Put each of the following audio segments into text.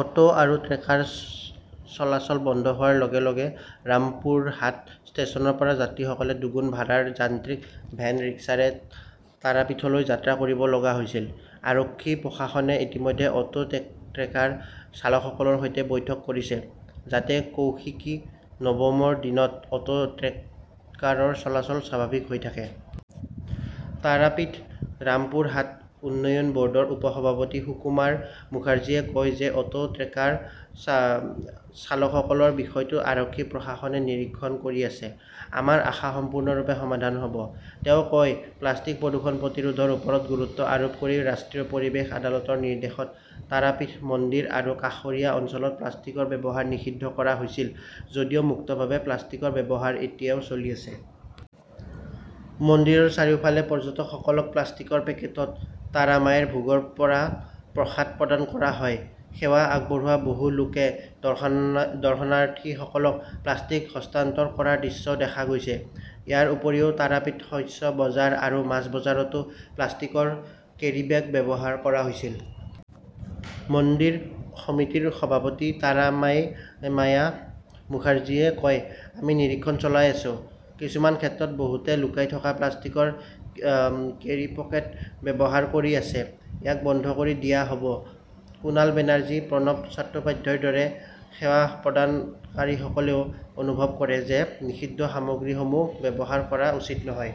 Auto আৰু trekker চলাচল বন্ধ হোৱাৰ লগে-লগে ৰামপুৰহাট ষ্টেচনৰ পৰা যাত্ৰীসকলে দুগুণ ভাড়াৰ যান্ত্ৰিক ভেন ৰিক্সাৰে তাৰাপীঠলৈ যাত্ৰা কৰিব লগা হৈছিল। আৰক্ষী, প্ৰশাসনে ইতিমধ্যে অটো, ট্ৰেকাৰ চালকসকলৰ সৈতে বৈঠক কৰিছে যাতে কৌশিকী নৱমৰ দিনত অটো, ট্ৰেকাৰৰ চলাচল স্বাভাৱিক হৈ থাকে। তাৰাপীথ ৰামপুৰহাট উন্নয়ন বৰ্ডৰ উপসভাপতি সুকুমাৰ মুখাৰ্জীয়ে কয় যে অটো, ট্ৰেকাৰ চালকসকলৰ বিষয়টো আৰক্ষী, প্ৰশাসনে নিৰীক্ষণ কৰি আছে। আমাৰ আশা সম্পূৰ্ণৰূপে সমাধান হ'ব। তেওঁ কয়, প্লাষ্টিক প্ৰদূষণ প্ৰতিৰোধৰ ওপৰত গুৰুত্ব আৰোপ কৰি ৰাষ্ট্ৰীয় পৰিৱেশ আদালতৰ নিৰ্দেশত তাৰাপীঠ মন্দিৰ আৰু কাষৰীয়া অঞ্চলত প্লাষ্টিকৰ ব্যৱহাৰ নিষিদ্ধ কৰা হৈছিল যদিও মুক্তভাৱে প্লাষ্টিকৰ ব্যৱহাৰ এতিয়াও চলি আছে। মন্দিৰৰ চাৰিওফালে পৰ্যটকসকলক প্লাষ্টিকৰ পেকেটত তাৰামায়েৰ ভোগৰ পৰা প্ৰসাদ প্ৰদান কৰা হয়। সেৱা আগবঢ়োৱা বহু লোকে দৰ্শনাৰ্থীসকলক প্লাষ্টিক হস্তান্তৰ কৰাৰ দৃশ্যও দেখা গৈছে। ইয়াৰ উপৰিও তাৰাপীঠ শস্য বজাৰ আৰু মাছ বজাৰতো প্লাষ্টিকৰ কেৰিব্যাগ ব্যৱহাৰ কৰা হৈছিল। মন্দিৰ সমিতিৰ সভাপতি তাৰামায়া মুখাৰ্জীয়ে কয়, আমি নিৰীক্ষণ চলাই আছো। কিছুমান ক্ষেত্ৰত বহুতে লুকাই থকা প্লাষ্টিকৰ কেৰিপকেট ব্যৱহাৰ কৰি আছে। ইয়াক বন্ধ কৰি দিয়া হ'ব। কুণাল বেনাৰ্জী, প্ৰণৱ চট্টোপাধ্যায়ৰ দৰে সেৱা প্ৰদানকাৰীসকলেও অনুভৱ কৰে যে নিষিদ্ধ সামগ্ৰীসমূহ ব্যৱহাৰ কৰা উচিত নহয়।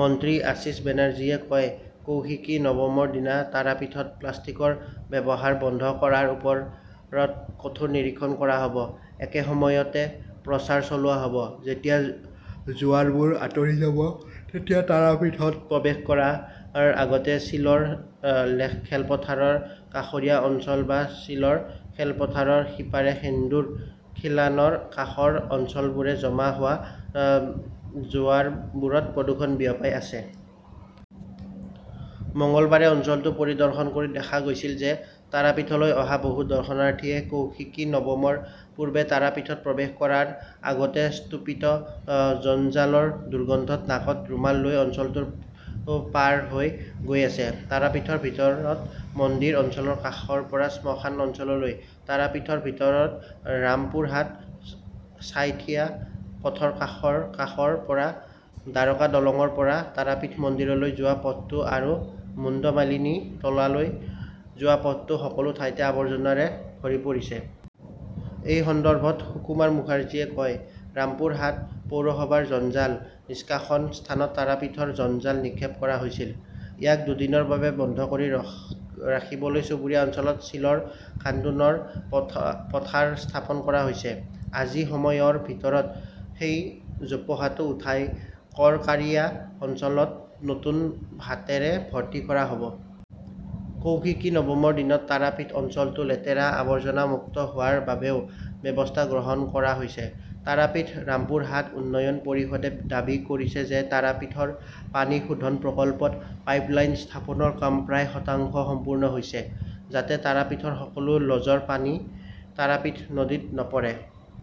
মন্ত্ৰী আশীষ বেনাৰ্জীয়ে কয়, কৌশিকী নৱমৰ দিনা তাৰাপীঠত প্লাষ্টিকৰ ব্যৱহাৰ বন্ধ কৰাৰ ওপৰত কঠোৰ নিৰীক্ষণ কৰা হ'ব। একে সময়তে প্ৰচাৰ চলোৱা হ'ব। যেতিয়া জোৱাৰবোৰ আঁতৰি যাব তেতিয়া তাৰাপীঠত প্ৰৱেশ কৰাৰ আগতে চিলৰ খেলপথাৰৰ কাষৰীয়া অঞ্চল বা চিলৰ খেলপথাৰৰ সিপাৰে সুন্দৰ খিলানৰ কাষৰ অঞ্চলবোৰে জমা হোৱা জোৱাৰবোৰত প্ৰদূষণ বিয়পাই আছে। মঙলবাৰে অঞ্চলটো পৰিদৰ্শন কৰি দেখা গৈছিল যে তাৰাপীঠলৈ অহা বহু দৰ্শনাৰ্থীয়ে কৌশিকী নৱমৰ পূৰ্বে তাৰাপীঠত প্ৰৱেশ কৰাৰ আগতে স্তূপিত জঞ্জালৰ দুৰ্গন্ধত নাকত ৰুমাল লৈ অঞ্চলটো পাৰ হৈ গৈ আছে। তাৰাপীঠৰ ভিতৰত মন্দিৰ অঞ্চলৰ কাষৰ পৰা শ্মশান অঞ্চললৈ, তাৰাপীঠৰ ভিতৰত ৰামপুৰহাট ছাইথিয়া পথৰ কাষৰ কাষৰ পৰা, দ্বাৰকা দলংৰ পৰা তাৰাপীঠ মন্দিৰলৈ যোৱা পথটো আৰু মুণ্ডমালিনী তলালৈ যোৱা পথটো সকলো ঠাইতে আৱৰ্জনাৰে ভৰি পৰিছে। এই সন্দৰ্ভত সুকুমাৰ মুখাৰ্জীয়ে কয়, ৰামপুৰহাট পৌৰসভাৰ জঞ্জাল নিষ্কাশন স্থানত তাৰাপীঠৰ জঞ্জাল নিক্ষেপ কৰা হৈছিল। ইয়াক দুদিনৰ বাবে বন্ধ কৰি ৰাখিবলৈ চুবুৰীয়া অঞ্চলত চিলৰ কান্দোনৰ পথাৰ স্থাপন কৰা হৈছে। আজি সময়ৰ ভিতৰত সেই জোপোহাটো উঠাই কৰকাৰিয়া অঞ্চলত নতুন ভাটেৰে ভৰ্তি কৰা হ'ব। কৌশিকী নৱমৰ দিনত তাৰাপীঠ অঞ্চলটো লেতেৰা, আৱৰ্জনা মুক্ত হোৱাৰ বাবেও ব্যৱস্থা গ্ৰহণ কৰা হৈছে। তাৰাপীঠ ৰামপুৰহাট উন্নয়ন পৰিষদে দাবী কৰিছে যে তাৰাপীঠৰ পানী শোধন প্ৰকল্পত পাইপলাইন স্থাপনৰ কাম প্ৰায় শতাংশ সম্পূৰ্ণ হৈছে যাতে তাৰাপীঠৰ সকলো লজৰ পানী তাৰাপীঠ নদীত নপৰে।